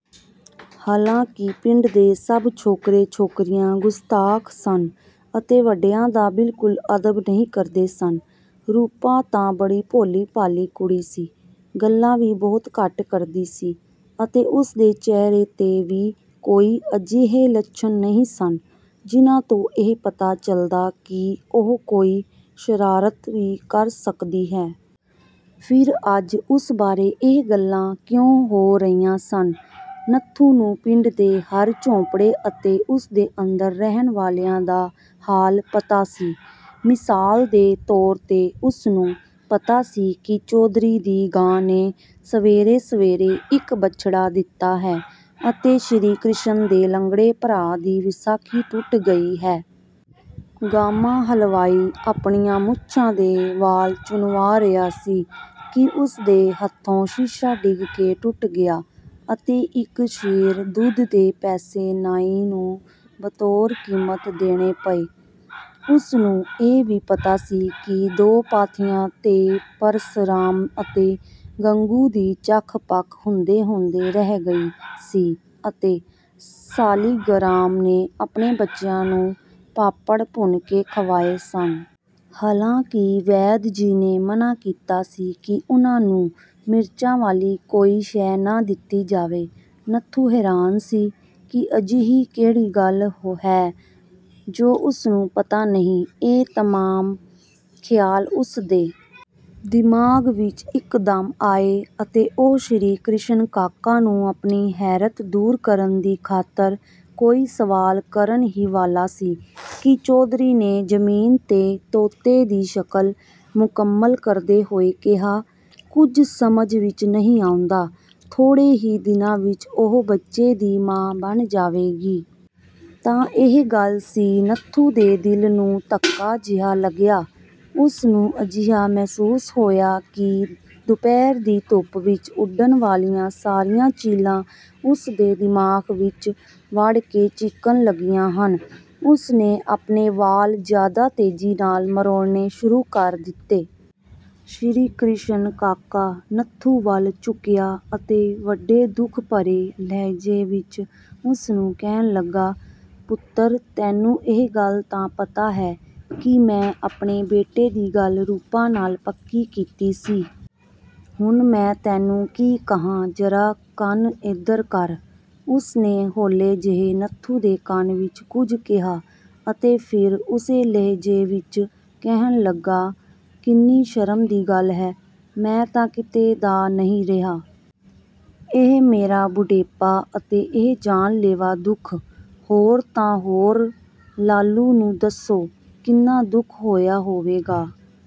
ਹਾਲਾਂਕਿ ਪਿੰਡ ਦੇ ਸਭ ਛੋਕਰੇ-ਛੋਕਰੀਆਂ ਗੁਸਤਾਖ਼ ਸਨ ਅਤੇ ਵੱਡਿਆਂ ਦਾ ਬਿਲਕੁਲ ਅਦਬ ਨਹੀਂ ਕਰਦੇ ਸਨ। ਰੂਪਾ ਤਾਂ ਬੜੀ ਭੋਲੀ-ਭਾਲੀ ਕੁੜੀ ਸੀ। ਗੱਲਾਂ ਵੀ ਬਹੁਤ ਘੱਟ ਕਰਦੀ ਸੀ ਅਤੇ ਉਸਦੇ ਚਿਹਰੇ 'ਤੇ ਵੀ ਕੋਈ ਅਜਿਹੇ ਲੱਛਣ ਨਹੀਂ ਸਨ ਜਿਨ੍ਹਾਂ ਤੋਂ ਇਹ ਪਤਾ ਚੱਲਦਾ ਕਿ ਉਹ ਕੋਈ ਸ਼ਰਾਰਤ ਵੀ ਕਰ ਸਕਦੀ ਹੈ। ਫਿਰ ਅੱਜ ਉਸ ਬਾਰੇ ਇਹ ਗੱਲਾਂ ਕਿਉਂ ਹੋ ਰਹੀਆਂ ਸਨ। ਨੱਥੂ ਨੂੰ ਪਿੰਡ ਦੇ ਹਰ ਝੋਂਪੜੇ ਅਤੇ ਉਸਦੇ ਅੰਦਰ ਰਹਿਣ ਵਾਲਿਆਂ ਦਾ ਹਾਲ ਪਤਾ ਸੀ। ਮਿਸਾਲ ਦੇ ਤੌਰ 'ਤੇ ਉਸਨੂੰ ਪਤਾ ਸੀ ਕਿ ਚੌਧਰੀ ਦੀ ਗਾਂ ਨੇ ਸਵੇਰੇ-ਸਵੇਰੇ ਇੱਕ ਬਛੜਾ ਦਿੱਤਾ ਹੈ ਅਤੇ ਸ੍ਰੀ ਕਿਸ਼ਨ ਦੇ ਲੰਗੜੇ ਭਰਾ ਦੀ ਵਿਸਾਖੀ ਟੁੱਟ ਗਈ ਹੈ। ਗਾਮਾ ਹਲਵਾਈ ਆਪਣੀਆਂ ਮੁੱਛਾਂ ਦੇ ਵਾਲ਼ ਚੁਣਵਾ ਰਿਹਾ ਸੀ ਕਿ ਉਸਦੇ ਹੱਥੋਂ ਸ਼ੀਸ਼ਾ ਡਿੱਗ ਕੇ ਟੁੱਟ ਗਿਆ ਅਤੇ ਇੱਕ ਸੇਰ ਦੁੱਧ ਦੇ ਪੈਸੇ ਨਾਈ ਨੂੰ ਬਤੌਰ ਕੀਮਤ ਦੇਣੇ ਪਏ। ਉਸਨੂੰ ਇਹ ਵੀ ਪਤਾ ਸੀ ਕਿ ਦੋ ਪਾਥੀਆਂ 'ਤੇ ਪਰਸਰਾਮ ਅਤੇ ਗੰਗੂ ਦੀ ਚਖ਼-ਪਖ਼ ਹੁੰਦੇ-ਹੁੰਦੇ ਰਹਿ ਗਈ ਸੀ ਅਤੇ ਸਾਲਿਗਰਾਮ ਨੇ ਆਪਣੇ ਬੱਚਿਆਂ ਨੂੰ ਪਾਪੜ ਭੁੰਨ ਕੇ ਖਵਾਏ ਸਨ। ਹਾਲਾਂਕਿ ਵੈਦ ਜੀ ਨੇ ਮਨ੍ਹਾ ਕੀਤਾ ਸੀ ਕਿ ਉਨ੍ਹਾਂ ਨੂੰ ਮਿਰਚਾਂ ਵਾਲੀ ਕੋਈ ਸ਼ੈ ਨਾ ਦਿੱਤੀ ਜਾਵੇ। ਨੱਥੂ ਹੈਰਾਨ ਸੀ ਕਿ ਅਜਿਹੀ ਕਿਹੜੀ ਗੱਲ ਹੈ ਜੋ ਉਸਨੂੰ ਪਤਾ ਨਹੀਂ। ਇਹ ਤਮਾਮ ਖਿਆਲ ਉਸਦੇ ਦਿਮਾਗ਼ ਵਿੱਚ ਇੱਕਦਮ ਆਏ ਅਤੇ ਉਹ ਸ੍ਰੀ ਕਿਸ਼ਨ ਕਾਕਾ ਨੂੰ ਆਪਣੀ ਹੈਰਤ ਦੂਰ ਕਰਨ ਦੀ ਖ਼ਾਤਰ ਕੋਈ ਸਵਾਲ ਕਰਨ ਹੀ ਵਾਲਾ ਸੀ ਕਿ ਚੌਧਰੀ ਨੇ ਜ਼ਮੀਨ 'ਤੇ ਤੋਤੇ ਦੀ ਸ਼ਕਲ ਮੁਕੰਮਲ ਕਰਦੇ ਹੋਏ ਕਿਹਾ, "ਕੁੱਝ ਸਮਝ ਵਿੱਚ ਨਹੀਂ ਆਉਂਦਾ ਥੋੜ੍ਹੇ ਹੀ ਦਿਨਾਂ ਵਿੱਚ ਉਹ ਬੱਚੇ ਦੀ ਮਾਂ ਬਣ ਜਾਵੇਗੀ।" ਤਾਂ ਇਹ ਗੱਲ ਸੀ। ਨੱਥੂ ਦੇ ਦਿਲ ਨੂੰ ਧੱਕਾ ਜਿਹਾ ਲੱਗਿਆ। ਉਸਨੂੰ ਅਜਿਹਾ ਮਹਿਸੂਸ ਹੋਇਆ ਕਿ ਦੁਪਹਿਰ ਦੀ ਧੁੱਪ ਵਿੱਚ ਉੱਡਣ ਵਾਲੀਆਂ ਸਾਰੀਆਂ ਚੀਲਾਂ ਉਸਦੇ ਦਿਮਾਗ਼ ਵਿੱਚ ਵੜ ਕੇ ਚੀਖ਼ਣ ਲੱਗੀਆਂ ਹਨ। ਉਸਨੇ ਆਪਣੇ ਵਾਲ਼ ਜ਼ਿਆਦਾ ਤੇਜ਼ੀ ਨਾਲ ਮਰੋੜਨੇ ਸ਼ੁਰੂ ਕਰ ਦਿੱਤੇ। ਸ੍ਰੀ ਕਿਸ਼ਨ ਕਾਕਾ, ਨੱਥੂ ਵੱਲ ਝੁੱਕਿਆ ਅਤੇ ਵੱਡੇ ਦੁੱਖ ਭਰੇ ਲਹਿਜੇ ਵਿੱਚ ਉਸਨੂੰ ਕਹਿਣ ਲੱਗਾ, "ਪੁੱਤਰ ਤੈਨੂੰ ਇਹ ਗੱਲ ਤਾਂ ਪਤਾ ਹੈ ਕਿ ਮੈਂ ਆਪਣੇ ਬੇਟੇ ਦੀ ਗੱਲ ਰੂਪਾ ਨਾਲ ਪੱਕੀ ਕੀਤੀ ਸੀ। ਹੁਣ ਮੈਂ ਤੈਨੂੰ ਕੀ ਕਹਾਂ ਜਰਾ ਕੰਨ ਏਧਰ ਕਰ।" ਉਸਨੇ ਹੌਲੇ ਜਿਹੇ ਨੱਥੂ ਦੇ ਕੰਨ ਵਿੱਚ ਕੁੱਝ ਕਿਹਾ ਅਤੇ ਫਿਰ ਉਸੇ ਲਹਿਜੇ ਵਿੱਚ ਕਹਿਣ ਲੱਗਾ, "ਕਿੰਨੀ ਸ਼ਰਮ ਦੀ ਗੱਲ ਹੈ। ਮੈਂ ਤਾਂ ਕਿਤੇ ਦਾ ਨਹੀਂ ਰਿਹਾ। ਇਹ ਮੇਰਾ ਬੁਢੇਪਾ ਅਤੇ ਇਹ ਜਾਨ-ਲੇਵਾ ਦੁੱਖ, ਹੋਰ ਤਾਂ ਹੋਰ ਲਾਲੂ ਨੂੰ ਦੱਸੋ ਕਿੰਨਾ ਦੁੱਖ ਹੋਇਆ ਹੋਵੇਗਾ"